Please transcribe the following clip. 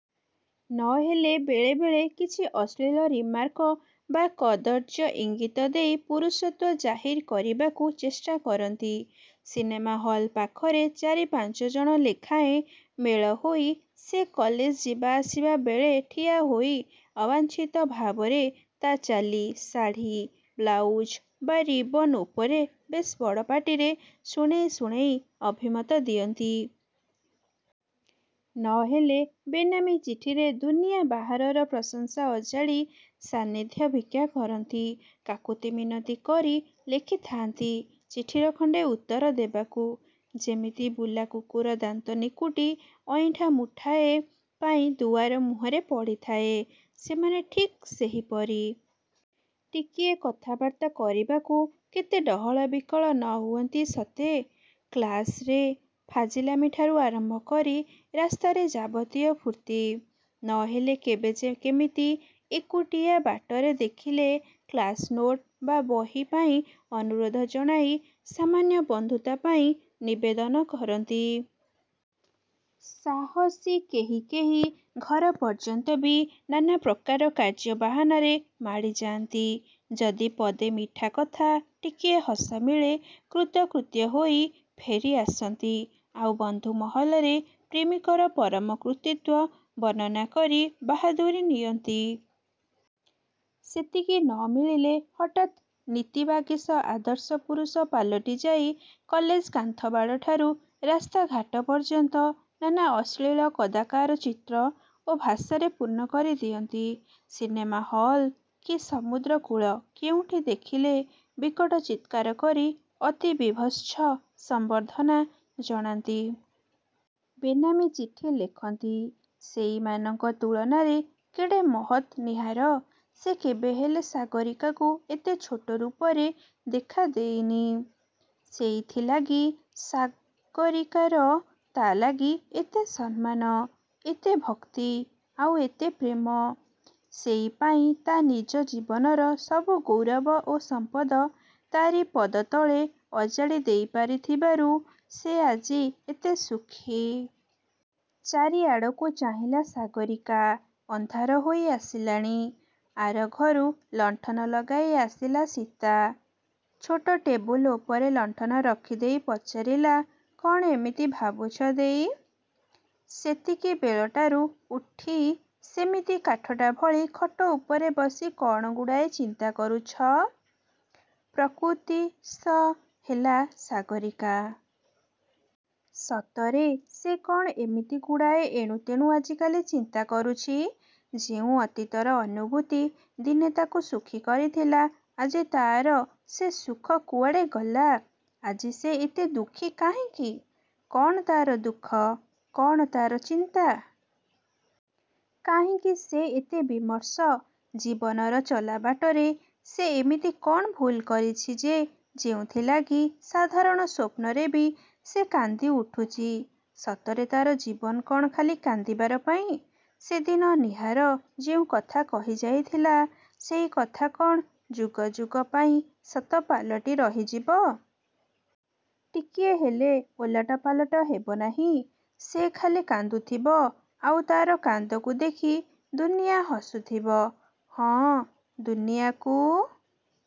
ନ ହେଲେ ବେଳେ ବେଳେ କିଛି ଅଶ୍ଳୀଳ ରିମାର୍କ ବା କଦର୍ଯ୍ୟ ଇଙ୍ଗିତ ଦେଇ ପୁରୁଷତ୍ୱ ଜାହିର୍ କରିବାକୁ ଚେଷ୍ଟା କରନ୍ତି। ସିନେମା ହଲ୍ ପାଖରେ ଚାରି ପାଞ୍ଚ ଜଣ ଲେଖାଏଁ ମେଳହୋଇ, ସେ କଲେଜ ଯିବା ଆସିବା ବେଳେ; ଠିଆହୋଇ ଅବାଞ୍ଛିତ ଭାବରେ ତା' ଚାଲି, ଶାଢ଼ି, ବ୍ଲାଉଜ ବା ରିବନ୍ ଉପରେ ବେଶ୍ ବଡ଼ ପାଟିରେ ଶୁଣେଇ ଶୁଣେଇ ଅଭିମତ ଦିଅନ୍ତି। ନ ହେଲେ ବେନାମୀ ଚିଠିରେ ଦୁନିଆ ବାହାରର ପ୍ରଶଂସା ଅଜାଡ଼ି, ସାନ୍ନିଧ୍ୟ ଭିକ୍ଷା କରନ୍ତି। କାକୁତି ମିନତି କରି ଲେଖିଥାନ୍ତି ଚିଠିର ଖଣ୍ତେ ଉତ୍ତର ଦେବାକୁ। ଯେମିତି ବୁଲା କୁକୁର ଦାନ୍ତ ନିକୁଟି ଅଇଁଠା ମୁଠାଏ ପାଇଁ ଦୁଆର ମୁହଁରେ ପଡ଼ିଥାଏ। ସେମାନେ ଠିକ୍ ସେହିପରି। ଟିକିଏ କଥାବାର୍ତ୍ତା କରିବାକୁ, କେତେ ଡହଳ ବିକଳ ନ ହୁଅନ୍ତି ସତେ? କ୍ଲାସରେ ଫାଜିଲାମିଠାରୁ ଆରମ୍ଭ କରି, ରାସ୍ତାରେ ଯାବତୀୟ ଫୁର୍ତ୍ତି। ନ ହେଲେ କେବେ କେମିତି ଏକୁଟିଆ ବାଟରେ ଦେଖିଲେ କ୍ଲାସ୍-ନୋଟ୍ ବା ବହିପାଇଁ ଅନୁରୋଧ ଜଣାଇ ସାମାନ୍ୟ ବନ୍ଧୁତା ପାଇଁ ନିବେଦନ କରନ୍ତି। ସାହସୀ କେହି କେହି ଘର ପର୍ଯ୍ୟନ୍ତ ବି ନାନା ପ୍ରକାର କାର୍ଯ୍ୟ ବାହାନାରେ ମାଡ଼ି ଯାଆନ୍ତି। ଯଦି ପଦେ ମିଠା କଥା, ଟିକିଏ ହସ ମିଳେ କୃତକୃତ୍ୟ ହୋଇ ଫେରି ଆସନ୍ତି; ଆଉ ବନ୍ଧୁ ମହଲରେ ପ୍ରେମିକର ପରମ କୃତିତ୍ୱ ବର୍ଣ୍ଣନା କରି ବାହାଦୁରି ନିଅନ୍ତି। ସେତିକି ନ ମିଳିଲେ ହଠାତ୍ ନୀତିବାଗୀଶ ଆଦର୍ଶ ପୁରୁଷ ପାଲଟି ଯାଇ କଲେଜ କାନ୍ଥ ବାଡ଼ଠାରୁ ରାସ୍ତାଘାଟ ପର୍ଯ୍ୟନ୍ତ ନାନା ଅଶ୍ଳୀଳ କଦାକାର ଚିତ୍ର ଓ ଭାଷାରେ ପୂର୍ଣ୍ଣ କରି ଦିଅନ୍ତି। ସିନେମା ହଲ୍ କି ସମୁଦ୍ର କୂଳ କେଉଁଠି ଦେଖିଲେ ବିକଟ ଚିତ୍କାର କରି ଅତି ବୀଭତ୍ସ ସମ୍ୱର୍ଦ୍ଧନା ଜଣାନ୍ତି। ବେନାମୀ ଚିଠି ଲେଖନ୍ତି। ସେଇମାନଙ୍କ ତୁଳନାରେ କେଡ଼େ ମହତ୍ ନୀହାର। ସେ କେବେହେଲେ ସାଗରୀକାକୁ ଏତେ ଛୋଟ ରୂପରେ ଦେଖା ଦେଇନି। ସେଇଥି ଲାଗି ସାଗରୀକାର ତା' ଲାଗି ଏତେ ସମ୍ମାନ, ଏତେ ଭକ୍ତି, ଆଉ ଏତେ ପ୍ରେମ। ସେଇପାଇଁ ତା' ନିଜ ଜୀବନର ସବୁ ଗୌରବ ଓ ସମ୍ପଦ ତାରି ପଦତଳେ ଅଜାଡ଼ି ଦେଇପାରିଥିବାରୁ ସେ ଆଜି ଏତେ ସୁଖୀ। ଚାରିଆଡ଼କୁ ଚାହିଁଲା ସାଗରୀକା। ଅନ୍ଧାର ହୋଇଆସିଲାଣି। ଆରଘରୁ ଲଣ୍ଠନ ଲଗାଇ ଆସିଲା ସୀତା। ଛୋଟ ଟେବୁଲ୍ ଉପରେ ଲଣ୍ଠନ ରଖିଦେଇ ପଚାରିଲା–''କ'ଣ ଏମିତି ଭାବୁଛ ଦେଈ ସେତିକି ବେଳଟାରୁ ଉଠି ସେମିତି କାଠଟା ଭଳି ଖଟ ଉପରେ ବସି କ'ଣ ଗୁଡ଼ାଏ ଚିନ୍ତା କରୁଛ? '' ପ୍ରକୃତିସ୍ଥ ହେଲା ସାଗରୀକା। ସତରେ ସେ କ'ଣ ଏମିତି ଗୁଡ଼ାଏ ଏଣୁତେଣୁ ଆଜିକାଲି ଚିନ୍ତା କରୁଛି। ଯେଉଁ ଅତୀତର ଅନୁଭୂତି ଦିନେ ତାକୁ ସୁଖୀ କରିଥିଲା; ଆଜି ତା'ର ସେ ସୁଖ କୁଆଡ଼େ ଗଲା। ଆଜି ସେ ଏତେ ଦୁଃଖୀ କାହିଁକି? କ'ଣ ତା'ର ଦୁଃଖ? କ'ଣ ତା'ର ଚିନ୍ତା-? କାହିଁକି ସେ ଏତେ ବିମର୍ଷ? ଜୀବନର ଚଲା ବାଟରେ ସେ ଏମିତି କ'ଣ ଭୁଲ୍ କରିଛି ଯେ ଯେଉଁଥିଲାଗି ସାଧାରଣ ସ୍ୱପ୍ନରେ ବି ସେ କାନ୍ଦି ଉଠୁଛି। ସତରେ ତା'ର ଜୀବନ କ'ଣ ଖାଲି କାନ୍ଦିବାର ପାଇଁ? ସେଦିନ ନୀହାର ଯେଉଁ କଥା କହିଯାଇଥିଲା ସେଇ କଥା କ'ଣ ଯୁଗ ଯୁଗ ପାଇଁ ସତ ପାଲଟି ରହିଯିବ। ଟିକିଏ ହେଲେ ଓଲଟ ପାଲଟ ହେବନାହିଁ। ସେ ଖାଲି କାନ୍ଦୁଥିବ–ଆଉ ତା'ର କାନ୍ଦକୁ ଦେଖି ଦୁନିଆ ହସୁଥିବ। ହଁ–ଦୁନିଆକୁ